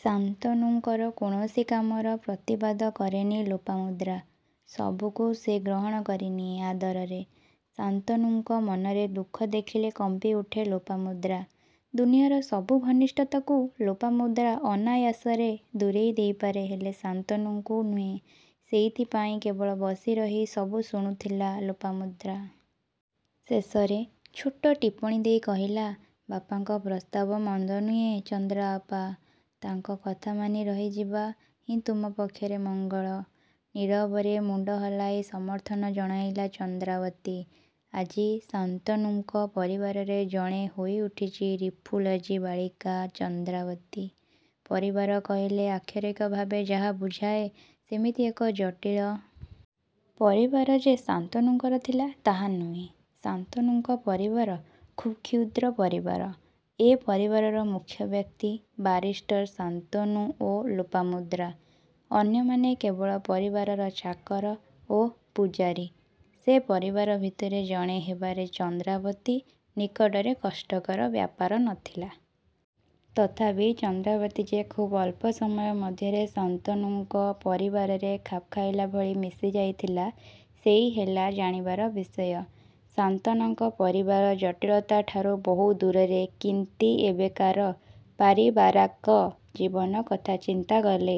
ଶାନ୍ତନୁଙ୍କର କୌଣସି କାମର ପ୍ରତିବାଦ କରେନି ଲୋପାମୁଦ୍ରା। ସବୁକୁ ସେ ଗ୍ରହଣ କରିନିଏ ଆଦରରେ। ଶାନ୍ତନୁଙ୍କ ମନରେ ଦୁଃଖ ଦେଖିଲେ କମ୍ପିଉଠେ ଲୋପାମୁଦ୍ରା। ଦୁନିଆଁର ସବୁ ଘନିଷ୍ଠତାକୁ ଲୋପାମୁଦ୍ରା ଅନାୟାସରେ ଦୂରେଇ ଦେଇପାରେ ହେଲେ ଶାନ୍ତନୁଙ୍କୁ ନୁହେଁ। ସେଇଥିପାଇଁ କେବଳ ବସିରହି ସବୁ ଶୁଣୁଥିଲା ଲୋପାମୁଦ୍ରା। ଶେଷରେ ଛୋଟ ଟିପ୍ପଣୀ ଦେଇ କହିଲା ବାପାଙ୍କ ପ୍ରସ୍ତାବ ମନ୍ଦ ନୁହେଁ ଚନ୍ଦ୍ରାଅପା! ତାଙ୍କ କଥା ମାନି ରହିଯିବା ହିଁ ତୁମ ପକ୍ଷରେ ମଙ୍ଗଳ। ନୀରବରେ ମୁଣ୍ତ ହଲାଇ ସମର୍ଥନ ଜଣାଇଲା ଚନ୍ଦ୍ରାବତୀ। ଆଜି ଶାନ୍ତନୁଙ୍କ ପରିବାରରେ ଜଣେ ହୋଇଉଠିଛି ରିଫୁଲଜି ବାଳିକା ଚନ୍ଦ୍ରାବତୀ। ପରିବାର କହିଲେ ଆକ୍ଷରିକ ଭାବେ ଯାହା ବୁଝାଏ ସେମିତି ଏକ ଜଟିଳ। ପରିବାର ଯେ ଶାନ୍ତନୁଙ୍କର ଥିଲା ତାହା ନୁହେଁ। ଶାନ୍ତନୁଙ୍କ ପରିବାର ଖୁବ୍କ୍ଷୁଦ୍ର ପରିବାର। ଏ ପରିବାରର ମୁଖ୍ୟ ବ୍ୟକ୍ତି ବାରିଷ୍ଟର ଶାନ୍ତନୁ ଓ ଲୋପାମୁଦ୍ରା। ଅନ୍ୟମାନେ କେବଳ ପରିବାରର ଚାକର ଓ ପୂଝାରୀ। ସେ ପରିବାର ଭିତରେ ଜଣେ ହେବାରେ ଚନ୍ଦ୍ରାବତୀ ନିକଟରେ କଷ୍ଟକର ବ୍ୟାପାର ନ ଥିଲା। ତଥାପି ଚନ୍ଦ୍ରାବତୀ ଯେ ଖୁବ୍ଅଳ୍ପ ସମୟ ମଧ୍ୟରେ ଶାନ୍ତନୁଙ୍କ ପରିବାରରେ ଖାପଖାଇଲା ଭଳି ମିଶି ଯାଇଥିଲା ସେହି ହେଲା ଜାଣିବାର ବିଷୟ। ଶାନ୍ତନଙ୍କ ପରିବାର ଜଟିଳତାଠାରୁ ବହୁ ଦୂରରେ କିନ୍ତି ଏବେକାର ପାରିବାରାକ ଜୀବନ କଥା ଚିନ୍ତା କଲେ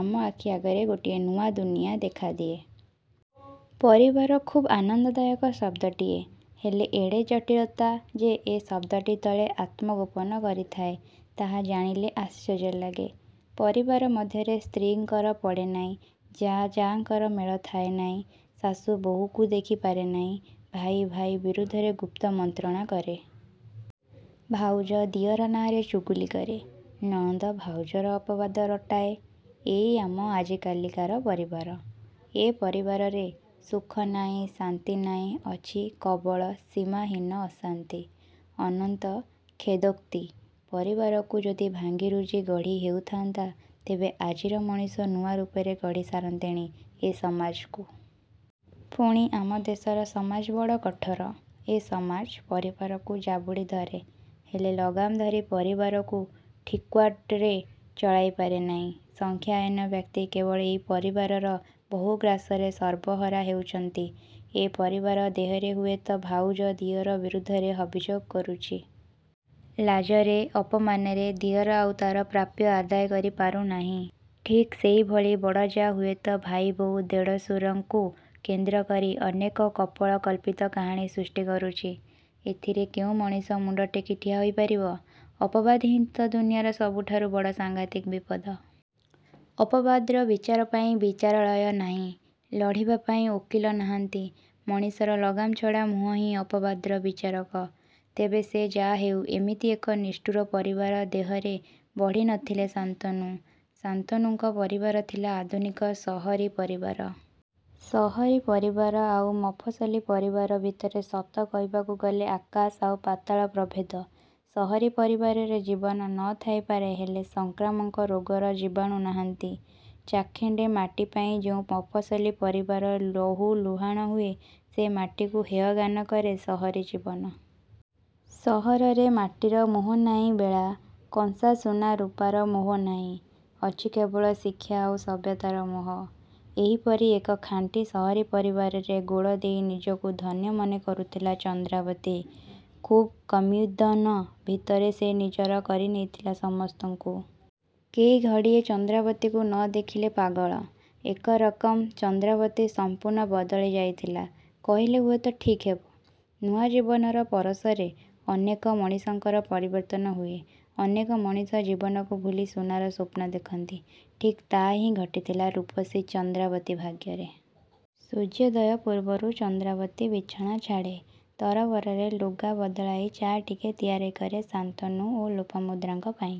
ଆମ ଆଖି ଆଗରେ ଗୋଟିଏ ନୂଆ ଦୁନିଆଁ ଦେଖାଦିଏ। ପରିବାର ଖୁବ୍ ଆନନ୍ଦଦାୟକ ଶଦ୍ଦଟିଏ। ହେଲେ ଏଡ଼େ ଜଟିଳତା ଯେ ଏ ଶଦ୍ଦଟି ତଳେ ଆତ୍ମଗୋପନ କରିଥାଏ ତାହା ଜାଣିଲେ ଆଶ୍ଚର୍ଯ୍ୟ ଲାଗେ। ପରିବାର ମଧ୍ୟରେ ସ୍ତ୍ରୀଙ୍କର ପଡ଼େନାହିଁ। ଜା ଜାଙ୍କର ମେଳ ଥାଏନାହିଁ। ଶାଶୁ ବୋହୂକୁ ଦେଖି ପାରେନାହିଁ। ଭାଇ ଭାଇ ବିରୁଦ୍ଧରେ ଗୁପ୍ତ ମନ୍ତ୍ରଣା କରେ। ଭାଉଜ ଦିଅର ନାଁରେ ଚୁଗୁଲି କରେ। ନଣନ୍ଦ ଭାଉଜର ଅପବାଦ ରଟାଏ ଏଇ ଆମ ଆଜି କାଲିକାର ପରିବାର। ଏ ପରିବାରରେ ସୁଖ ନାହିଁ ଶାନ୍ତି ନାହିଁ ଅଛି କବଳ ସୀମାହୀନ ଅଶାନ୍ତି। ଅନନ୍ତ କ୍ଷେଦୋକ୍ତି। ପରିବାରକୁ ଯଦି ଭାଙ୍ଗି ରୁଜି ଗଢି ହେଉଥାନ୍ତା ତେବେ ଆଜିର ମଣିଷ ନୂଆ ରୂପରେ ଗଢି ସାରନ୍ତେଣି ଏ ସମାଜକୁ। ପୁଣି ଆମ ଦେଶର ସମାଜ ବଡ କଠୋର। ଏ ସମାଜ ପରିବାରକୁ ଜାବୁଡ଼ି ଧରେ। ହେଲେ ଲଗାମ ଧରି ପରିବାରକୁ ଠିକ୍ବାଟରେ ଚଳାଇ ପାରେନାହିଁ। ସଂଖ୍ୟାହୀନ ବ୍ୟକ୍ତି କେବଳ ଏଇ ପରିବାରର ବହୁ ଗ୍ରାସରେ ସର୍ବହରା ହେଉଛନ୍ତି। ଏ ପରିବାର ଦେହରେ ହୁଏତ ଭାଉଜ ଦିଅର ବିରୁଦ୍ଧରେ ଅଭିଯୋଗ କରୁଛି। ଲାଜରେ ଅପମାନରେ ଦିଅର ଆଉ ତା'ର ପ୍ରାପ୍ୟ ଆଦାୟ କରି ପାରୁନାହିଁ। ଠିକ୍ସେହିଭଳି ବଡ଼ ଜା ହୁଏତ ଭାଇବୋହୂ ଦେଢ଼ଶୁରଙ୍କୁ କେନ୍ଦ୍ରକରି ଅନେକ କପୋଳ କଳ୍ପିତ କାହାଣୀ ସୃଷ୍ଟି କରୁଛି। ଏଥିରେ କେଉଁ ମଣିଷ ମୁଣ୍ତ ଟେକି ଠିଆ ହୋଇ ପାରିବ? ଅପବାଦ ହିଁ ତ ଦୁନିଆଁର ସବୁଠାରୁ ବଡ଼ ସାଂଘାତିକ ବିପଦ। ଅପବାଦର ବିଚାର ପାଇଁ ବିଚାରାଳୟ ନାହିଁ। ଲଢ଼ିବା ପାଇଁ ଓକିଲ ନାହାନ୍ତି ମଣିଷର ଲଗାମ୍ ଛଡ଼ା ମୁହଁ ହିଁ ଅପବାଦର ବିଚାରକ। ତେବେ ସେ ଯାହାହେଉ ଏମିତି ଏକ ନିଷ୍ଠୁର ପରିବାର ଦେହରେ ବଢ଼ି ନ ଥିଲେ ଶାନ୍ତନୁ। ଶାନ୍ତନୁଙ୍କ ପରିବାର ଥିଲା ଆଧୁନିକ ସହରୀ ପରିବାର। ସହରୀ ପରିବାର ଆଉ ମଫସଲୀ ପରିବାର ଭିତରେ ସତ କହିବାକୁ ଗଲେ ଆକାଶ ଆଉ ପାତାଳ ପ୍ରଭେଦ। ସହରୀ ପରିବାରରେ ଜୀବନ ନ ଥାଇ ପାରେ ହେଲେ ସଂକ୍ରାମକ ରୋଗର ଜୀବାଣୁ ନାହାଁନ୍ତି। ଚାଖଣ୍ତେ ମାଟିପାଇଁ ଯେଉଁ ମଫସଲୀ ପରିବାର ଲହୁ ଲୁହାଣ ହୁଏ ସେ ମାଟିକୁ ହେୟଜ୍ଞାନ କରେ ସହରୀ ଜୀବନ। ସହରରେ ମାଟିର ମୋହ ନାହିଁ ବେଲା, କଂସା, ସୁନା, ରୂପାର ମୋହ ନାହିଁ। ଅଛି କେବଳ ଶିକ୍ଷା ଆଉ ସଭ୍ୟତାର ମୋହ। ଏହିପରି ଏକ ଖାଣ୍ଟି ସହରୀ ପରିବାରରେ ଗୋଡ଼ ଦେଇ ନିଜକୁ ଧନ୍ୟ ମନେ କରୁଥିଲା ଚନ୍ଦ୍ରାବତୀ ଖୁବ୍ କମ୍ଦିନ ଭିତରେ ସେ ନିଜର କରି ନେଇଥିଲା ସମସ୍ତଙ୍କୁ। କେହି ଘଡ଼ିଏ ଚନ୍ଦ୍ରାବତୀକୁ ନ ଦେଖିଲେ ପାଗଳ। ଏକରକମ୍ଚନ୍ଦ୍ରାବତୀ ସମ୍ପୂର୍ଣ୍ଣ ବଦଳି ଯାଇଥିଲା କହିଲେ ହୁଏତ ଠିକ୍ ହେବ। ନୂଆ ଜୀବନର ପରଶରେ ଅନେକ ମଣିଷଙ୍କର ପରିବର୍ତ୍ତନ ହୁଏ। ଅନେକ ମଣିଷ ଜୀବନକୁ ଭୁଲି ସୁନାର ସ୍ୱପ୍ନ ଦେଖନ୍ତି। ଠିକ୍ ତାହା ହିଁ ଘଟିଥିଲା ରୂପସୀ ଚନ୍ଦ୍ରାବତୀ ଭାଗ୍ୟରେ। ସୂର୍ଯ୍ୟୋଦୟ ପୂର୍ବରୁ ଚନ୍ଦ୍ରାବତୀ ବିଛଣା ଛାଡ଼େ। ତରବରରେ ଲୁଗା ବଦଳାଇ ଚା' ଟିକେ ତିଆରି କରେ ଶାନ୍ତନୁ ଓ ଲୋପାମୁଦ୍ରାଙ୍କ ପାଇଁ।